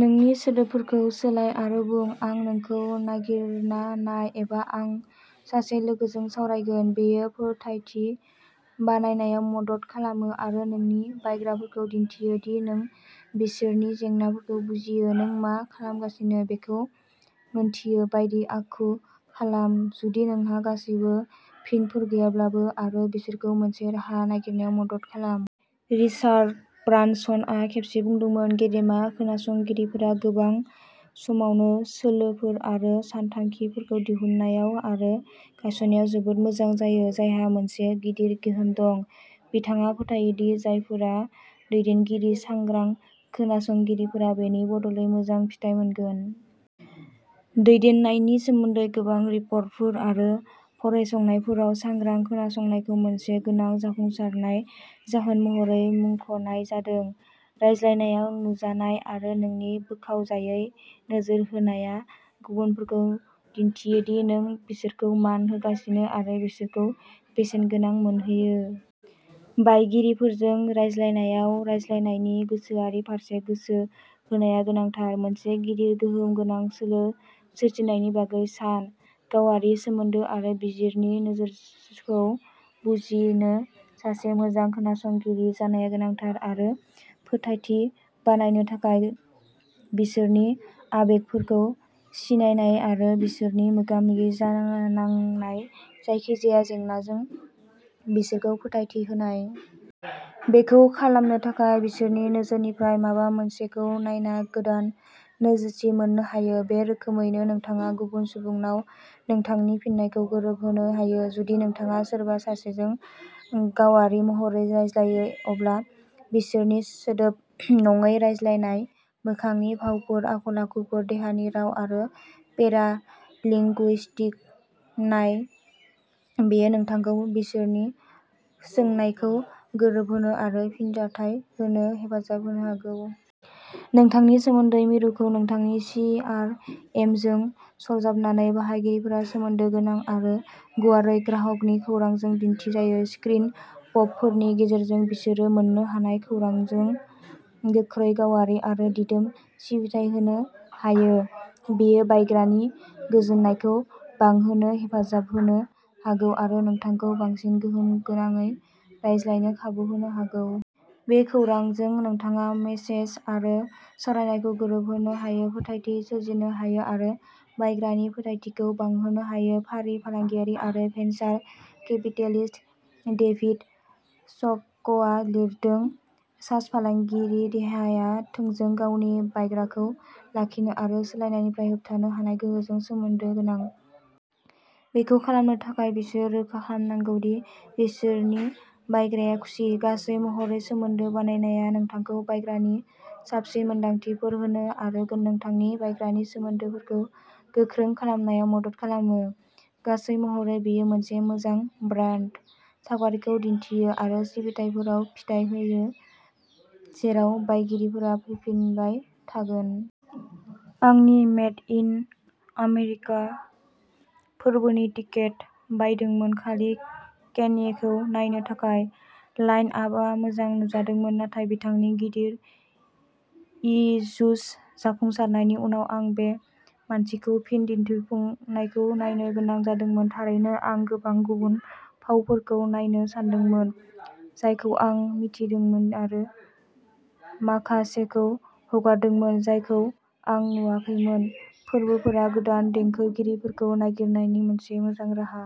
नोंनि सोदोबफोरखौ सोलाय आरो बुं, "आं नोंखौ नागिरना नाय" एबा "आं सासे लोगोजों सावरायगोन।" बेयो फोथायथि बानायनायाव मदद खालामो आरो नोंनि बायग्राफोरखौ दिन्थियो दि नों बिसोरनि जेंनाफोरखौ बुजियो। नों मा खालामगासिनो बेखौ मिन्थियो बायदि आखु खालाम, जुदि नोंहा गासैबो फिनफोर गैयाब्लाबो आरो बिसोरखौ मोनसे राहा नागिरनायाव मदद खालाम। रिचार्ड ब्रानसनआ खेबसे बुंदोंमोन, "गेदेमा खोनासंगिरिफोरा गोबां समावनो सोलोफोर आरो सानथांखिफोरखौ दिहुननायाव आरो गायसननायाव जोबोद मोजां जायो जायहा मोनसे गिदिर गोहोम दं।" बिथाङा फोथायो दि जायफोरा दैदेनगिरि सांग्रां खोनासंगिरिफोरा बेनि बदलै मोजां फिथाय मोनगोन। दैदेननायनि सोमोन्दै गोबां रिपर्टफोर आरो फरायसंनायफोराव, सांग्रां खोनासंनायखौ मोनसे गोनां जाफुंसारनाय जाहोन महरै मुंख'नाय जादों। रायज्लायनायाव नुजानाय आरो नोंनि बोखावजायै नोजोर होनाया गुबुनफोरखौ दिन्थियो दि नों बिसोरखौ मान होगासिनो आरो बिसोरखौ बेसेनगोनां मोनहोयो। बायगिरिफोरजों रायज्लायनायाव, रायज्लायनायनि गोसोआरि फारसे गोसो होनाया गोनांथार। मोनसे गिदिर गोहोम गोनां सोलो सोरजिनायनि बागै सान। गावारि सोमोन्दो आरो बिसोरनि नोजोरखौ बुजिनो। सासे मोजां खोनासंगिरि जानाया गोनांथार आरो फोथायथि बानायनो थाखाय बिसोरनि आबेगफोरखौ सिनायनाय आरो बिसोर मोगा-मोगि जानांनाय जायखिजाया जेंनाजों बिसोरखौ फोथायथि होनाय। बेखौ खालामनो थाखाय, बिसोरनि नोजोरनिफ्राय माबा मोनसेखौ नायना गोदान नोजोरथि मोन्नो हायो। बे रोखोमैनो नोंथाङा गुबुन सुबुंनाव नोंथांनि फिननायखौ गोरोबहोनो हायो। जुदि नोंथाङा सोरबा सासेजों गावारि महरै रायज्लायो, अब्ला बिसोरनि सोदोब नङै रायज्लायनाय मोखांनि भावफोर, आखल-आखुफोर, देहानि राव आरो पेरालिंगुइस्टिक नाय बेयो नोंथांखौ बिसोरनि सोंनायखौ गोरोबहोनो आरो फिनजाथाय होनो हेफाजाब होनो हागौ। नोंथांनि सोमोन्दो मिरुखौ नोंथांनि चि आर एमजों सरजाबनानै, बाहायगिरिफोरा सोमोन्दो गोनां आरो गुवारै ग्राहकनि खौरांजों दिन्थिजायो। स्क्रिन पपफोरनि गेजेरजों बिसोरो मोन्नो हानाय खौरांजों गोख्रै, गावारि आरो दिदोम सिबिथाइ होनो हायो। बेयो बायग्रानि गोजोननायखौ बांहोनो हेफाजाब होनो हागौ आरो नोंथांखौ बांसिन गोहोम गोनांयै रायज्लायनो खाबु होनो हागौ। बे खौरांजों, नोंथाङा मेसेज आरो सावरायनायखौ गोरोबहोनो हायो, फोथायथि सोरजिनो हायो आरो बायग्रानि फोथायथिखौ बांहोनो हायो। फारि फालांगियारि आरो भेन्सार केपिटेलिस्ट, डेभिड स्क'कआ लिरदों, "सास फालांगिनि देहाया थोंजों गावनि बायग्राखौ लाखिनो आरो सोलायनायनिफ्राय होबथानो हानाय गोहोजों सोमोन्दो गोनां। बेखौ खालामनो थाखाय, बिसोरो रोखा खालामनांगौ दि बिसोरनि बायग्राया खुसि।" गासै महरै, सोमोन्दो बानायनाया नोंथांखौ बायग्रानि साबसिन मोनदांथिफोर होनो आरो नोंथांनि बायग्रानि सोमोन्दोफोरखौ गोख्रों खालामनायाव मदद खालामो। गासै महरै, बेयो मोनसे मोजां ब्रान्ड सावगारिखौ दिन्थियो आरो सिबिथाइफोराव फिथाय होयो जेराव बायगिरिफोरा फैफिनबाय थागोन। आं नि मेड इन आमेरिका फोरबोनि टिकेट बायदोंमोन खालि केनयेखौ नायनो थाखाय। लाइन-आपआ मोजां नुजादोंमोन, नाथाय बिथांनि गिदिर यीजुस जाफुंसारनायनि उनाव आं बे मानसिखौ फिन दिन्थिफुंनायखौ नायनो गोनां जादोंमोन। थारैनो आं गोबां गुबुन फावफोरखौ नायनो सानदोंमोन, जायखौ आं मिथिदोंमोन आरो माखासेखौ हगारदोंमोन जायखौ आं नुवाखैमोन। फोरबोफोरा गोदान देंखोगिरिफोरखौ नागिरनायनि मोनसे मोजां राहा।